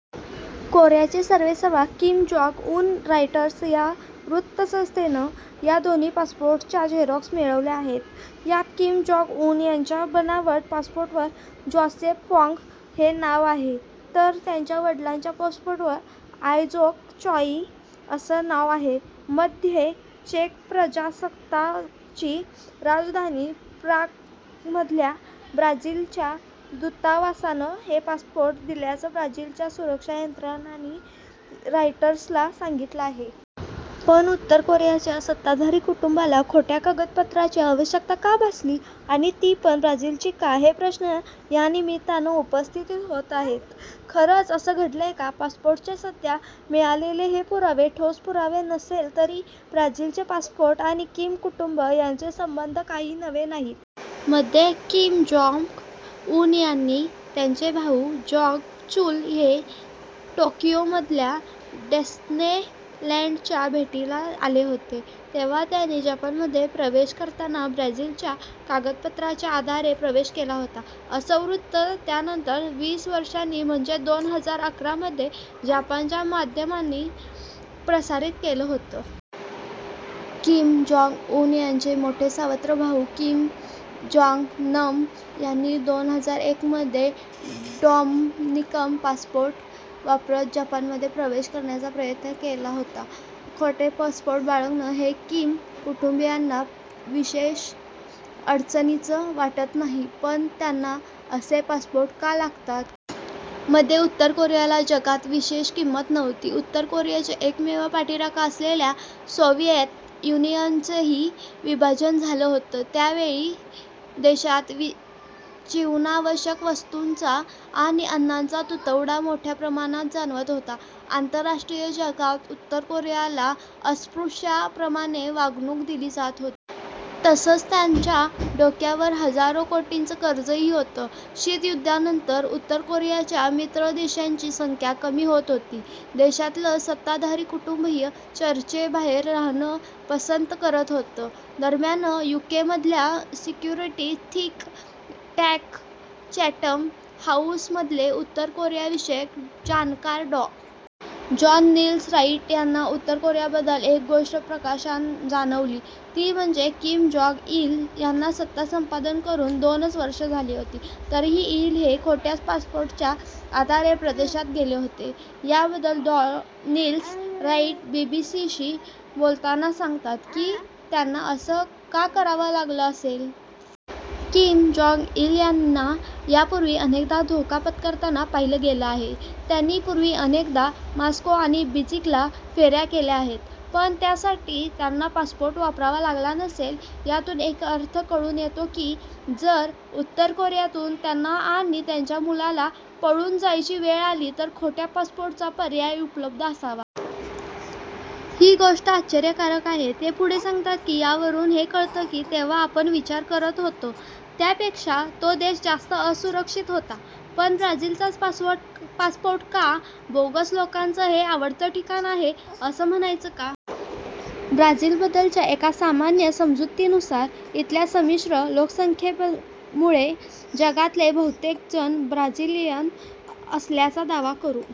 कोरियाचे सर्वेसर्वा Kim Jong Un Reuters या वृत्तसंस्थेनं या दोन्ही पासपोर्टच्या झेरॉक्स मिळवल्या आहेत. यात किम-जोंग-उन यांच्या बनावट पासपोर्टवर 'जोसेफ पॉग' हे नाव आहे. तर, त्यांच्या वडिलांच्या पासपोर्टवर 'आयजोंग चोई' असं नाव आहे. मध्ये चेक प्रजासत्ताकची राजधानी प्रागमधल्या ब्राझीलच्या दूतावासानं हे पासपोर्ट दिल्याचं ब्राझीलच्या सुरक्षा यंत्रणांनी रॉयटर्सला सांगितलं आहे. पण, उत्तर कोरियाच्या सत्ताधारी कुटुंबाला खोट्या कागदपत्रांची आवश्यकता का भासली आणि ती पण, ब्राझीलची का? हे प्रश्न यानिमित्तानं उपस्थित होत आहेत. खरंच असं घडलंय का? पासपोर्टचे सध्या मिळालेले हे पुरावे ठोस पुरावे नसले तरी, ब्राझीलचे पासपोर्ट आणि किम कुटुंब यांचे संबंध काही नवे नाहीत. मध्ये किम-जोंग-उन आणि त्यांचे भाऊ जोंग-चुल हे टोकियोमधल्या डिस्नेलँडच्या भेटीला आले होते. तेव्हा त्यांनी जपानमध्ये प्रवेश करताना ब्राझीलच्या कागदपत्रांच्या आधारे प्रवेश केला होता असं वृत्त त्यानंतर वीस वर्षांनी म्हणजे दोन हजार अकरा मध्ये जपानच्या माध्यमांनी प्रसारीत केलं होतं. किम-जोंग-उन यांचे मोठे सावत्र भाऊ किम-जोंग-नम यांनी दोन हजार एक मध्ये डॉमनिकन पासपोर्ट वापरत जपानमध्ये प्रवेश करण्याचा प्रयत्न केला होता. खोटे पासपोर्ट बाळगणं हे किम कुटुंबीयांना विशेष अडचणीचं वाटत नाही. पण, त्यांना असे पासपोर्ट का लागतात? मध्ये उत्तर कोरियाला जगात विशेष किंमत नव्हती. उत्तर कोरियाचा एकमेव पाठीराखा असलेल्या सोव्हिएत युनियनचंही विभाजन झालं होतं. त्यावेळी देशात जीवनावश्यक वस्तूंचा आणि अन्नाचा तुटवडा मोठ्या प्रमाणात जाणवत होता. आंतरराष्ट्रीय जगतात उत्तर कोरियाला अस्पृश्यांप्रमाणे वागणूक दिली जात होती. तसंच, त्यांच्या डोक्यावर हजारो कोटींचं कर्जही होतं. शीत युद्धानंतर उत्तर कोरियाच्या मित्र देशांची संख्या कमी होत होती. देशातलं सत्ताधारी कुटुंबही चर्चेबाहेर राहणं पसंत करत होतं. दरम्यान, यूकेमधल्या सिक्युरिटी थिंक टँक 'चॅटम हाऊस'मधले उत्तर कोरियाविषयक जाणकार डॉ. जॉन निल्सन-राईट यांना उत्तर कोरियाबद्दल एक गोष्ट प्रकर्षानं जाणवली. ती म्हणजे, किम-जोंग-इल यांना सत्ता संपादन करून दोनच वर्षं झाली होती. तरीही इल हे खोट्या पासपोर्टच्या आधारे परदेशात गेले होते. याबद्दल डॉ. निल्सन-राईट बीबीसीशी बोलताना सांगतात की त्यांना असं का करावं लागलं असेल? किम-जोंग-इल यांना यापूर्वी अनेकदा धोका पत्करताना पाहिलं गेलं आहे. त्यांनी पूर्वी अनेकदा मॉस्को आणि बिजिंगला फेऱ्या केल्या आहेत. पण त्यासाठी त्यांना पासपोर्ट वापरावा लागला नसेल. यातून एक अर्थ कळून येतो की, जर उत्तर कोरियातून त्यांना आणि त्यांच्या मुलाला पळून जायची वेळ आली तर खोट्या पासपोर्टचा पर्याय उपलब्ध असावा. ही गोष्टच आश्चर्यकारक आहे. ते पुढे सांगतात की, यावरून हे कळतं की, तेव्हा आपण विचार करत होतो त्यापेक्षा तो देश जास्त असुरक्षित होता. पण ब्राझीलचाच पासपोर्ट का? बोगस लोकांचं हे आवडतं ठिकाण आहे असं म्हणायचं का? ब्राझीलबद्दलच्या एका सामान्य समजुतीनुसार, इथल्या संमिश्र लोकसंख्येमुळे जगातले बहुतेक जण ब्राझिलियन असल्याचा दावा करू